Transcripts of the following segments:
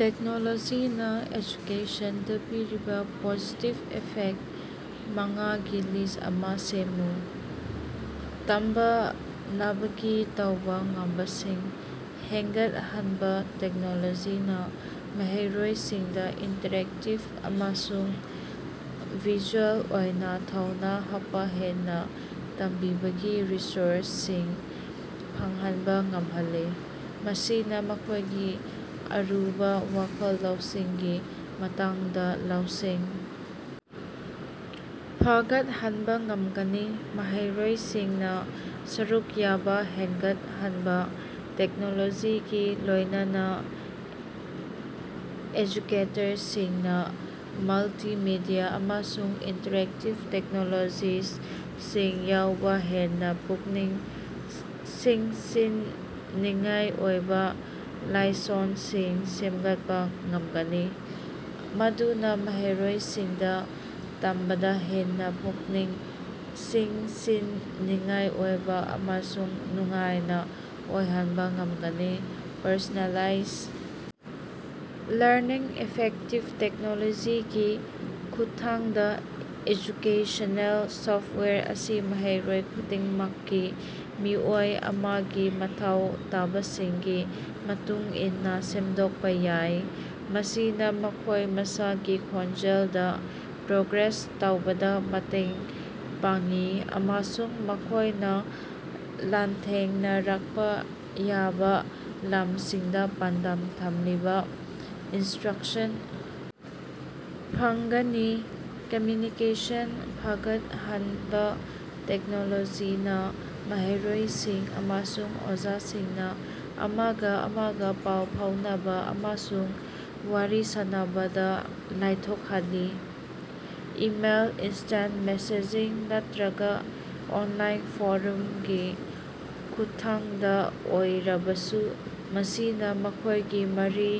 ꯇꯦꯛꯅꯣꯂꯣꯖꯤꯅ ꯑꯦꯖꯨꯀꯦꯁꯟꯗ ꯄꯤꯔꯤꯕ positive effect ꯃꯉꯥꯒꯤ ꯂꯤꯁ ꯑꯃ‌ ꯁꯦꯝꯃꯨ꯫ ꯇꯝꯕꯅꯕꯒꯤ ꯇꯧꯕ ꯉꯝꯕꯁꯤꯡ ꯍꯦꯟꯒꯠꯍꯟꯕ- ꯇꯦꯛꯅꯣꯂꯣꯖꯤꯅ ꯃꯍꯩꯔꯣꯏꯁꯤꯡꯗ ꯏꯟꯇꯔꯦꯛꯇꯤꯞ ꯑꯃꯁꯨꯡ ꯚꯤꯖꯨꯑꯦꯜ ꯑꯣꯏꯅ ꯊꯧꯅꯥ ꯍꯥꯞꯄ ꯍꯦꯟꯅ ꯇꯝꯕꯤꯕꯒꯤ ꯔꯤꯁꯣꯔꯁꯁꯤꯡ ꯐꯪꯍꯟꯕ ꯉꯝꯍꯜꯂꯦ, ꯃꯁꯤꯅ ꯃꯈꯣꯏꯒꯤ ꯑꯔꯨꯕ ꯋꯥꯈꯜꯂꯧꯁꯤꯡꯒꯤ ꯃꯇꯥꯡꯗ ꯂꯧꯁꯤꯡ ꯐꯒꯠꯍꯟꯕ ꯉꯝꯒꯅꯤ꯫ ꯃꯍꯩꯔꯣꯏꯁꯤꯡꯅ ꯁꯔꯨꯛ ꯌꯥꯕ ꯍꯦꯟꯒꯠꯍꯟꯕ- ꯇꯦꯛꯅꯣꯂꯣꯖꯤꯒꯤ ꯂꯣꯏꯅꯅ ꯑꯦꯖꯨꯀꯦꯇꯔꯁꯤꯡꯅ ꯃꯜꯇꯤꯃꯦꯗꯤꯌꯥ ꯑꯃꯁꯨꯡ ꯏꯟꯇꯔꯦꯛꯇꯤꯕ ꯇꯦꯛꯅꯣꯂꯣꯖꯤꯁꯤꯡ ꯌꯥꯎꯕ ꯍꯦꯟꯅ ꯄꯨꯛꯅꯤꯡ ꯆꯤꯡꯁꯤꯟꯅꯤꯡꯉꯥꯏ ꯑꯣꯏꯕ ꯂꯥꯏꯁꯣꯟꯁꯤꯡ ꯁꯦꯝꯒꯠꯄ ꯉꯝꯒꯅꯤ, ꯃꯗꯨꯅ ꯃꯍꯩꯔꯣꯏꯁꯤꯡꯗ ꯇꯝꯕꯗ ꯍꯦꯟꯅ ꯄꯨꯛꯅꯤꯡ ꯆꯤꯡꯁꯤꯟꯅꯤꯡꯉꯥꯏ ꯑꯣꯏꯕ ꯑꯃꯁꯨꯡ ꯅꯨꯡꯉꯥꯏꯅ ꯑꯣꯏꯍꯟꯕ ꯉꯝꯒꯅꯤ꯫ ꯄꯔꯁꯣꯅꯦꯂꯥꯏꯖ ꯂꯔꯅꯤꯡ- ꯏꯐꯦꯛꯇꯤꯞ ꯇꯦꯛꯅꯣꯂꯣꯖꯤꯒꯤ ꯈꯨꯠꯊꯥꯡꯗ, ꯑꯦꯖꯨꯀꯦꯁꯅꯦꯜ ꯁꯣꯐꯋꯦꯌꯔ ꯑꯁꯤ ꯃꯍꯩꯔꯣꯏ ꯈꯨꯗꯤꯡꯃꯛꯀꯤ ꯃꯤꯑꯣꯏ ꯑꯃꯒꯤ ꯃꯊꯧ ꯇꯥꯕꯁꯤꯡꯒꯤ ꯃꯇꯨꯡ ꯏꯟꯅ ꯁꯦꯝꯗꯣꯛꯄ ꯌꯥꯏ, ꯃꯁꯤꯅ ꯃꯈꯣꯏ ꯃꯁꯥꯒꯤ ꯈꯣꯟꯖꯦꯜꯗ‌ ꯄ꯭ꯔꯣꯒ꯭ꯔꯦꯁ ꯇꯧꯕꯗ ꯃꯇꯦꯡ ꯄꯥꯡꯏ ꯑꯃꯁꯨꯡ ꯃꯈꯣꯏꯅ ꯂꯥꯟꯊꯦꯡꯅꯔꯛꯄ ꯌꯥꯕ ꯂꯝꯁꯤꯡꯗ ꯄꯥꯟꯗꯝ ꯊꯝꯂꯤꯕ‌ ꯏꯟꯁꯇ꯭ꯔꯛꯁꯟ ꯐꯪꯒꯅꯤ꯫ ꯀꯝꯃ꯭ꯌꯨꯅꯤꯀꯦꯁꯟ ꯐꯒꯠꯍꯟꯕ- ꯇꯦꯛꯅꯣꯂꯣꯖꯤꯅ ꯃꯍꯩꯔꯣꯏꯁꯤꯡ ꯑꯃꯁꯨꯡ ꯑꯣꯖꯥꯁꯤꯡꯅ ꯑꯃꯒ ꯑꯃꯒ ꯄꯥꯎ ꯐꯥꯎꯅꯕ ꯑꯃꯁꯨꯡ ꯋꯥꯔꯤ ꯁꯥꯅꯕꯗ ꯂꯥꯏꯊꯣꯛꯍꯜꯂꯦ, ꯏꯃꯦꯜ, ꯏꯁꯇꯦꯟ ꯃꯦꯁꯦꯖꯤꯡ, ꯅꯠꯇ꯭ꯔꯒ ꯑꯣꯟꯂꯥꯏꯟ ꯐꯣꯔꯝꯒꯤ ꯈꯨꯠꯊꯥꯡꯗ ꯑꯣꯏꯔꯕꯁꯨ, ꯃꯁꯤꯅ ꯃꯈꯣꯏꯒꯤ ꯃꯔꯤ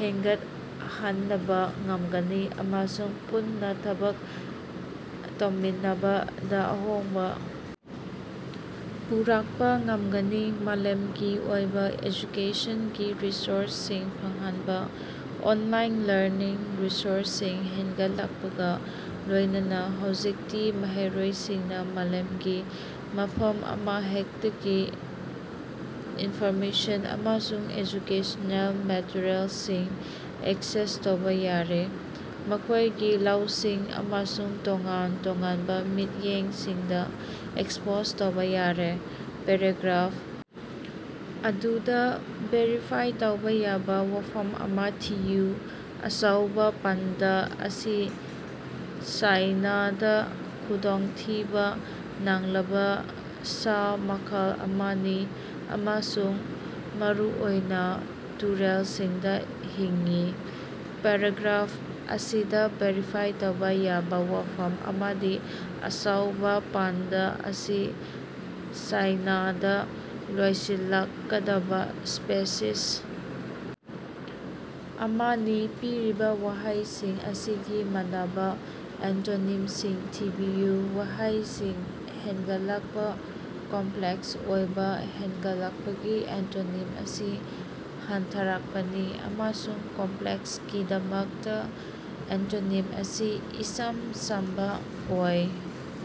ꯍꯦꯟꯒꯠꯍꯟꯅꯕ ꯉꯝꯒꯅꯤ ꯑꯃꯁꯨꯡ ꯄꯨꯟꯅ ꯊꯕꯛ ꯇꯧꯃꯤꯟꯅꯕꯗ ꯑꯍꯣꯡꯕ ꯄꯨꯔꯛꯄ ꯉꯝꯒꯅꯤ꯫ ꯃꯥꯂꯦꯝꯒꯤ ꯑꯣꯏꯕ ꯑꯦꯖꯨꯀꯦꯁꯟꯒꯤ ꯔꯤꯁꯣꯔꯁꯁꯤꯡ ꯐꯪꯍꯟꯕ- ꯑꯣꯟꯂꯥꯏꯟ ꯂꯔꯅꯤꯡ ꯔꯤꯁꯣꯔꯁꯁꯤꯡ ꯍꯦꯟꯒꯠꯂꯛꯄꯒ ꯂꯣꯏꯅꯅ ꯍꯧꯖꯤꯛꯇꯤ ꯃꯍꯩꯔꯣꯏꯁꯤꯡꯅ ꯃꯥꯂꯦꯝꯒꯤ ꯃꯐꯝ ꯑꯃꯍꯦꯛꯇꯒꯤ ꯏꯟꯐꯣꯔꯃꯦꯁꯟ ꯑꯃꯁꯨꯡ ꯑꯦꯖꯨꯀꯦꯁꯅꯦꯜ ꯃꯦꯇꯔꯤꯌꯦꯜꯁꯤꯡ ꯑꯦꯛꯁꯦꯁ ꯇꯧꯕ ꯌꯥꯔꯦ, ꯃꯈꯣꯏꯒꯤ ꯂꯧꯁꯤꯡ ꯑꯃꯁꯨꯡ ꯇꯣꯉꯥꯟ-ꯇꯣꯉꯥꯟꯕ ꯃꯤꯠꯌꯦꯡꯁꯤꯡꯗ‌ ꯑꯦꯛꯁꯄꯣꯖ ꯇꯧꯕ ꯌꯥꯔꯦ꯫ ꯄꯦꯔꯥꯒ꯭ꯔꯥꯐ ꯑꯗꯨꯗ, ꯚꯦꯔꯤꯐꯥꯏ ꯇꯧꯕ ꯌꯥꯕ ꯋꯥꯐꯝ ꯑꯃ ꯊꯤꯌꯨ꯫ ꯑꯆꯧꯕꯥ ꯄꯥꯟꯗꯥ ꯑꯁꯤ ꯆꯥꯏꯅꯥꯗꯥ ꯈꯨꯗꯣꯡꯊꯤꯕ ꯅꯪꯂꯕ ꯁꯥ ꯃꯈꯜ ꯑꯃꯅꯤ ꯑꯃꯁꯨꯡ ꯃꯔꯨꯑꯣꯏꯅ ꯇꯨꯔꯦꯜꯁꯤꯡꯗ ꯍꯤꯡꯏ꯫ ꯄꯦꯔꯥꯒ꯭ꯔꯥꯐ ꯑꯁꯤꯗꯥ ꯚꯦꯔꯤꯐꯥꯏ ꯇꯧꯕꯥ ꯌꯥꯕ ꯋꯥꯐꯝ ꯑꯃꯗꯤ "ꯑꯆꯧꯕꯥ ꯄꯥꯟꯗꯥ ꯑꯁꯤ ꯆꯥꯏꯅꯥꯗꯥ ꯂꯣꯏꯁꯤꯜꯂꯛꯀꯗꯕ ꯁ꯭ꯄꯦꯁꯤꯁ ꯑꯃꯅꯤ꯫" ꯄꯤꯔꯤꯕ ꯋꯥꯍꯩꯁꯤꯡ ꯑꯁꯤꯒꯤ ꯃꯥꯟꯅꯕꯥ ꯑꯦꯟꯇꯣꯅꯤꯝꯁꯤꯡ ꯊꯤꯕꯤꯌꯨ꯫ ꯋꯥꯍꯩꯁꯤꯡ: ꯍꯦꯟꯒꯠꯂꯛꯄ, ꯀꯣꯝꯄ꯭ꯂꯦꯛꯁ ꯑꯣꯏꯕ꯫ ꯍꯦꯟꯒꯠꯂꯛꯄꯒꯤ ꯑꯦꯟꯇꯣꯅꯤꯝ ꯑꯁꯤ ꯍꯟꯊꯔꯛꯄꯅꯤ ꯑꯃꯁꯨꯡ ꯀꯣꯝꯄ‍꯭ꯂꯦꯛꯁꯀꯤꯗꯃꯛꯇ ꯑꯦꯟꯇꯣꯅꯤꯝ ꯑꯁꯤ ꯏꯆꯝ ꯆꯝꯕ ꯑꯣꯏ꯫